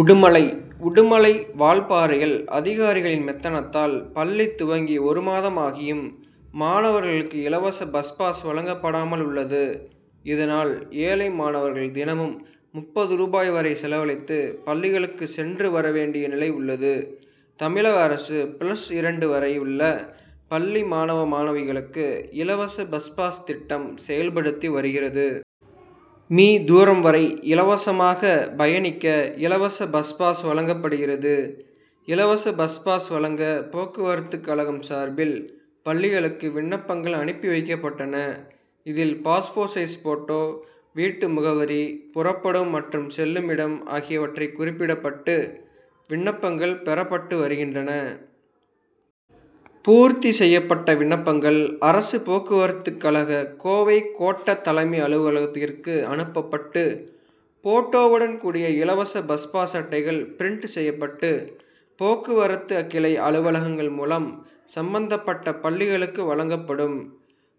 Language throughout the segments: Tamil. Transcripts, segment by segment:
உடுமலை உடுமலை, வால்பாறையில் அதிகாரிகளின் மெத்தனத்தால் பள்ளி துவங்கி ஒரு மாதமாகியும் மாணவர்களுக்கு இலவச பஸ் பாஸ் வழங்கப்படாமல் உள்ளது. இதனால், ஏழை மாணவர்கள் தினமும் முப்பது ரூபாய் வரை செலவழித்து பள்ளிகளுக்கு சென்று, வர வேண்டிய நிலை உள்ளது. தமிழக அரசு, பிளஸ் இரண்டு வரை உள்ள பள்ளி மாணவ, மாணவிகளுக்கு இலவச பஸ் பாஸ் திட்டம் செயல்படுத்தி வருகிறது. மீ., தூரம் வரை இலவசமாக பயணிக்க இலவச பஸ் பாஸ் வழங்கப்படுகிறது. இலவச பஸ் பாஸ் வழங்க போக்குவரத்து கழகம் சார்பில் பள்ளிகளுக்கு விண்ணப்பங்கள் அனுப்பிவைக்கப்பட்டன. இதில், பாஸ்போர்ட் சைஸ் போட்டோ, வீட்டு முகவரி, புறப்படும் மற்றும் செல்லுமிடம் ஆகியவற்றை குறிப்பிடப்பட்டு விண்ணப்பங்கள் பெறப்பட்டு வருகின்றன. பூர்த்தி செய்யப்பட்ட விண்ணப்பங்கள், அரசு போக்குவரத்து கழக கோவை கோட்ட தலைமை அலுவலகத்திற்கு அனுப்பப்பட்டு, போட்டோவுடன் கூடிய இலவச பஸ் பாஸ் அட்டைகள் பிரின்ட் செய்யப்பட்டு, போக்குவரத்து கிளை அலுவலகங்கள் மூலம் சம்பந்தப்பட்ட பள்ளிகளுக்கு வழங்கப்படும்.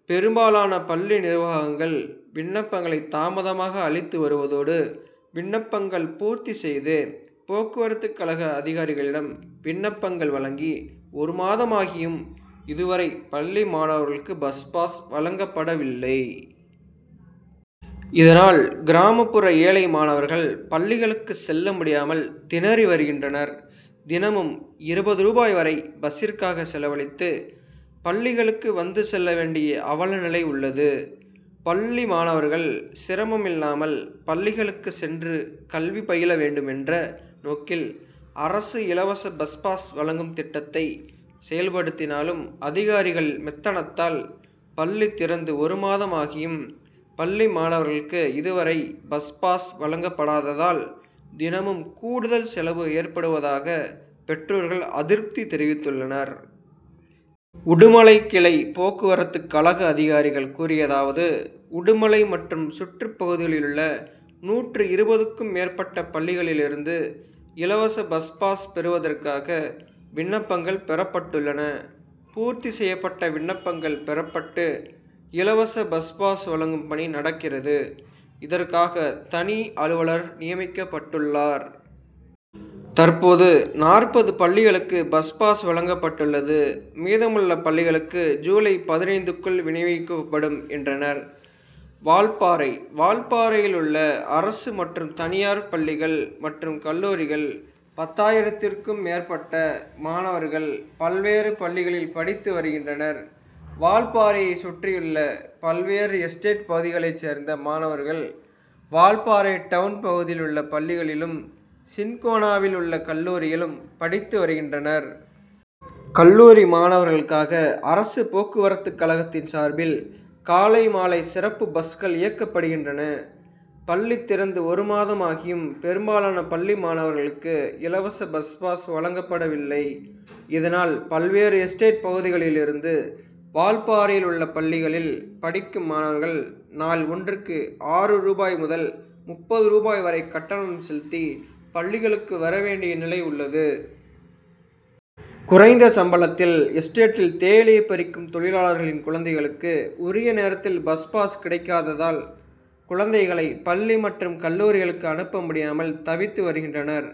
பெரும்பாலான பள்ளி நிர்வாகங்கள் விண்ணப்பங்களை தாமதமாக அளித்து வருவதோடு, விண்ணப்பங்கள் பூர்த்தி செய்து போக்குவரத்த கழக அதிகாரிகளிடம் விண்ணப்பங்கள் வழங்கி ஒரு மாதமாகியும் இதுவரை பள்ளி மாணவர்களுக்கு பஸ் பாஸ் வழங்கப்படவில்லை. இதனால், கிராமப்புற ஏழை மாணவர்கள் பள்ளிகளுக்கு செல்ல முடியாமல் திணறி வருகின்றனர். தினமும் இருபது ரூபாய் வரை பஸ்சிற்காக செலவழித்து, பள்ளிகளுக்கு வந்து செல்ல வேண்டிய அவல நிலை உள்ளது. பள்ளி மாணவர்கள் சிரமம் இல்லாமல் பள்ளிகளுக்கு சென்று கல்வி பயில வேண்டும் என்ற நோக்கில் அரசு இலவச பஸ் பாஸ் வழங்கும் திட்டத்தை செயல்படுத்தினாலும், அதிகாரிகள் மெத்தனத்தால், பள்ளி திறந்து ஒரு மாதமாகியும் பள்ளி மாணவர்களுக்கு இதுவரை பஸ் பாஸ் வழங்கப் படாததால், தினமும் கூடுதல் செலவு ஏற்படுவதாக பெற்றோர்கள் அதிருப்தி தெரிவித்துள்ளனர். உடுமலை கிளை போக்குவரத்து கழக அதிகாரிகள் கூறியதாவது உடுமலை மற்றும் சுற்றுப்பகுதிகளிலுள்ள நூற்று இருபதுக்கும் மேற்பட்ட பள்ளிகளிலிருந்து இலவச பஸ் பாஸ் பெறுவதற்காக விண்ணப்பங்கள் பெறப்பட்டுள்ளன. பூர்த்தி செய்யப்பட்ட விண்ணப்பங்கள் பெறப்பட்டு, இலவச பஸ் பாஸ் வழங்கும் பணி நடக்கிறது. இதற்காக தனி அலுவலர் நியமிக்கப்பட்டுள்ளார். தற்போது, நாற்பது பள்ளிகளுக்கு பஸ் பாஸ் வழங்கப்பட்டுள்ளது. மீதமுள்ள பள்ளிகளுக்கு ஜூலை பதினைந்துக்குள் வினியோகிக்கப்படும் என்றனர். வால்பாறை வால்பாறையிலுள்ள அரசு மற்றும் தனியார் பள்ளிகள் மற்றும் கல்லூரிகளில் பத்தாயிரத்திற்கும் மேற்பட்ட மாணவர்கள் பல்வேறு பள்ளிகளில் படித்து வருகின்றனர். வால்பாறையை சுற்றியுள்ள பல்வேறு எஸ்டேட் பகுதிகளை சேர்ந்த மாணவர்கள் வால்பாறை டவுன் பகுதியில் உள்ள பள்ளிகளிலும், சின்கோனாவில் உள்ள கல்லூரியிலும் படித்துவருகின்றனர். கல்லூரி மாணவர்களுக்காக அரசு போக்குவரத்துக்கழகத்தின் சார்பில் காலை மாலை சிறப்பு பஸ்கள் இயக்கப்படுகின்றன. பள்ளி திறந்து ஓரு மாதமாகியும் பெரும்பாலான பள்ளி மாணவர்களுக்கு இலவச பஸ்பாஸ் வழங்கப்படவில்லை. இதனால் பல்வேறு எஸ்டேட் பகுதிகளிலிருந்து வால்பாறையில் உள்ள பள்ளிகளில் படிக்கும் மாணவர்கள் நாள் ஒன்றுக்கு ஆறு ரூபாய் முதல் முப்பது ரூபாய் வரை கட்டணம் செலுத்தி பள்ளிக்கு வரவேண்டிய நிலை உள்ளது. குறைந்த சம்பளத்தில் எஸ்டேட்டில் தேயிலை பறிக்கும் தொழிலாளர்களின் குழந்தைகளுக்கு உரிய நேரத்தில் பஸ் பாஸ் கிடைக்காததால், குழந்தைகளை பள்ளி மற்றும் கல்லூரிக்கு அனுப்ப முடியாமல் தவித்து வருகின்றனர்.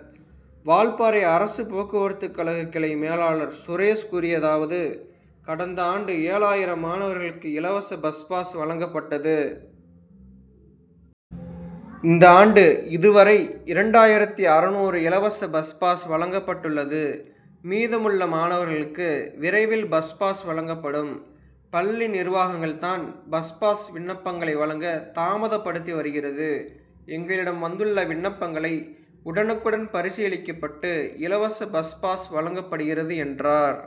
வால்பாறை அரசு போக்குவரத்துக்கழக கிளை மேலாளர் சுரேஷ் கூறியதாவது கடந்த ஆண்டு ஏழாயிரம் மாணவர்களுக்கு இலவச பஸ் பாஸ் வழங்கப்பட்டது. இந்த ஆண்டு இது வரை இரண்டாயிரத்து அறுநூறு இலவச பஸ் பாஸ் வழங்கப்பட்டுள்ளது. மீதமுள்ள மாணவர்களுக்கு விரைவில் பஸ் பாஸ் வழங்கப்படும். பள்ளி நிர்வாகங்கள் தான் பஸ் பாஸ் விண்ணப்பங்களை வழங்க தாமதப்படுத்தி வருகிறது. எங்களிடம் வந்துள்ள விண்ணப்பங்களை உடனுக்குடன் பரிசீலிக்கப்பட்டு இலவச பஸ் பாஸ் வழங்கப்படுகிறது என்றார்.